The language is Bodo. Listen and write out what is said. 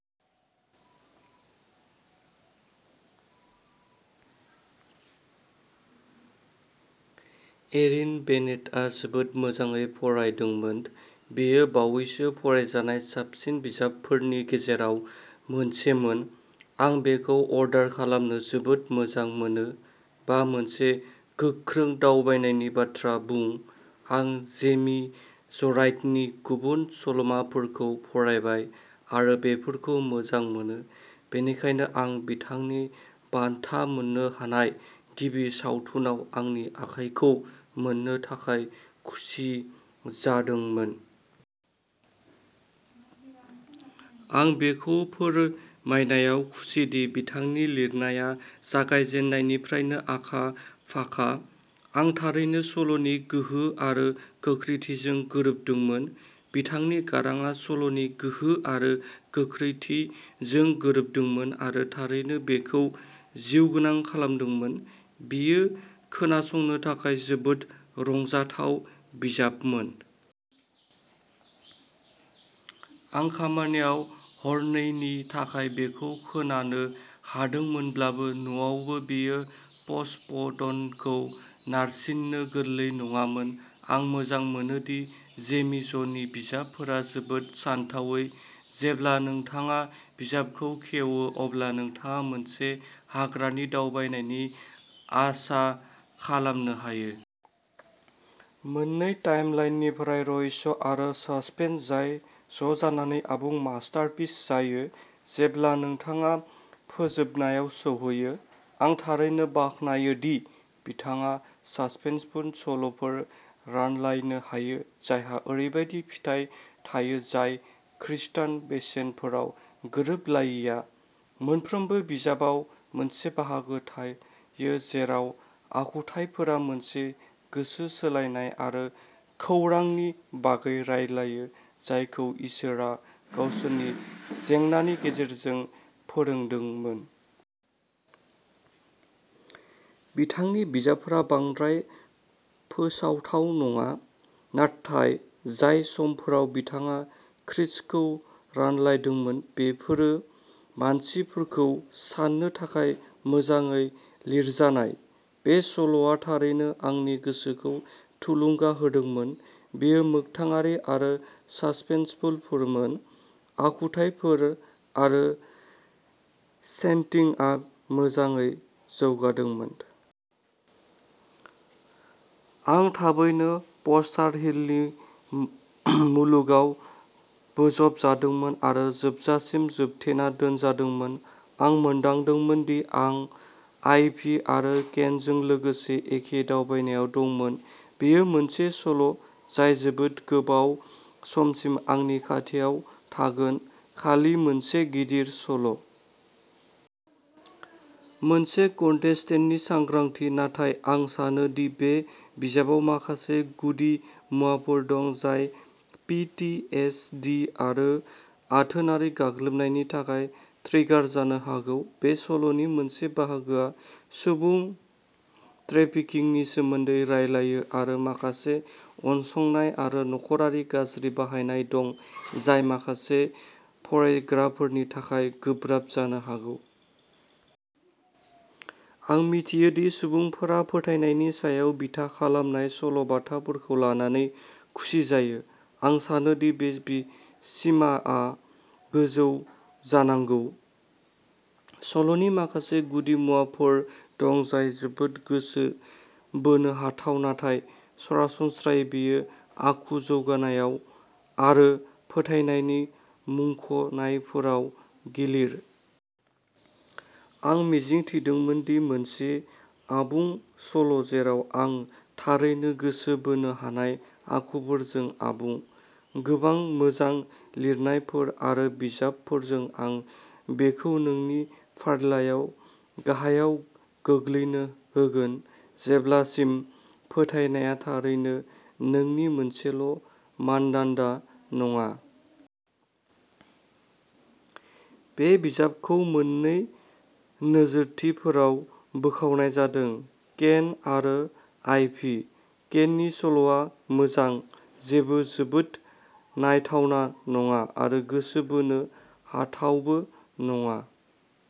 एरिन बेनेटआ जोबोद मोजाङै फरायदोंमोन। बेयो बावैसो फरायजानाय साबसिन बिजाबफोरनि गेजेराव मोनसेमोन। आं बेखौ अर्डार खालामनो जोबोर मोजां मोनो। बा, मोनसे गोख्रों दावबायनायनि बाथ्रा बुं आं जेमी जराइटनि गुबुन सल'माफोरखौ फरायबाय आरो बेफोरखौ मोजां मोनो, बेनिखायनो आं बिथांनि बान्था मोन्नो हानाय गिबि सावथुनआव आंनि आखायखौ मोन्नो थाखाय खुसि जादोंमोन। आं बेखौ फोरमायनायाव खुसिदि बिथांनि लिरनाया जागायजेन्नायनिफ्रायनो आखा-फाखा। आं थारैनो सल'नि गोहो आरो गोख्रोंथिजों गोरोबदोंमोन। बिथांनि गारांआ सल'नि गोहो आरो गोख्रोंथिजों गोरोबदोंमोन आरो थारैनो बेखौ जिउगोनां खालामदोंमोन। बेयो खोनासंनो थाखाय जोबोद रंजाथाव बिजाबमोन। आं खामानियाव हरनैनि थाखाय बेखौ खोनानो हादोंमोनब्लाबो, न'आवबो बेयो प'ज बटनखौ नारसिननो गोरलै नङामोन। आं मोजां मोनो दि जेमी ज'नि बिजाबफोरा जोबोद सानथावै। जेब्ला नोंथाङा बिजाबखौ खेवो, अब्ला नोंथाङा मोनसे हाग्रानि दावबायनायनि आसा खालामनो हायो। मोननै टाइमलाइननिफ्राय रहस्य आरो ससपेन्स जाय जजानानै आबुं मास्टारपिस जायो जेब्ला नोंथाङा फोजोबनायाव सौहैयो। आं थारैनो बाख्नायो दि बिथाङा ससपेन्सफुल सल'फोर रानलायनो हायो जायहा ओरैबायदि फिथाइ थायो जाय खृस्टान बेसेनफोराव गोरोबलायैया। मोनफ्रोमबो बिजाबाव मोनसे बाहागो थायो जेराव आखुथाइफोरा मोनसे गोसो सोलायनाय आरो खौरांनि बागै रायज्लायो जायखौ इसोरआ गावसोरनि जेंनानि गेजेरजों फोरोंदोंमोन। बिथांनि बिजाबफोरा बांद्राय फोसावथाव नङा नाथाय जाय समफोराव बिथाङा खृस्टखौ रानलायदोंमोन बेफोरो मानसिफोरखौ साननो थाखाय मोजाङै लिरजानाय। बे सल'आ थारैनो आंनि गोसोखौ थुलुंगा होदोंमोन। बेयो मोगथाङारि आरो ससपेन्सफुलमोन। आखुथाइफोर आरो सेटिंआ मोजाङै जौगादोंमोन। आं थाबैनो फस्टार हिलनि मुलुगाव बोजबजादोंमोन आरो जोबजासिम जोबथेना दोनजादोंमोन। आं मोनदांदोंमोन दि आं आइभी आरो केनजों लोगोसे एखे दावबायनायाव दंमोन। बेयो मोनसे सल' जाय जोबोद गोबाव समसिम आंनि खाथियाव थागोन। खालि मोनसे गिदिर सल'। मोनसे कन्टेन्टनि सांग्रांथि, नाथाय आं सानो दि बे बिजाबाव माखासे गुदि मुवाफोर दं जाय पि ति एस दि आरो आथोनारि गाग्लोबनायनि थाखाय ट्रिगार जानो हागौ। बे सल'नि मोनसे बाहागोआ सुबुं त्रेफिकिंनि सोमोन्दै रायज्लायो आरो माखासे उनसंनाय आरो नख'रारि गाज्रि बाहायनाय दं जाय माखासे फरायग्राफोरनि थाखाय गोब्राब जानो हागौ। आं मिथियो दि सुबुंफोरा फोथायनायनि सायाव बिथा खालामनाय सल'बाथाफोरखौ लानानै खुसि जायो। आं सानो दि बे सिमाआ गोजौ जानांगौ। सल'नि माखासे गुदिमुवाफोर दं जाय जोबोद गोसो बोनो हाथाव नाथाय सरासनस्रायै बेयो आखु जौगानायाव आरो फोथायनायनि मुंख'नायफोराव गिलिर। आं मिजिंथिदोंमोन दि मोनसे आबुं सल' जेराव आं थारैनो गोसो बोनो हानाय आखुफोरजों आबुं। गोबां मोजां लिरनायफोर आरो बिजाबफोरजों, आं बेखौ नोंनि फारिलाइआव गाहायाव गोग्लैनो होगोन, जेब्लासिम फोथायनाया थारैनो नोंनि मोनसेल' मानदान्दा नङा। बे बिजाबखौ मोन्नै नोजोरथिफोराव बोखावनाय जादों केन आरो आइभि। केननि सल'आ मोजां जेबो जोबोद नायथावना नङा आरो गोसो बोनो हाथावबो नङा।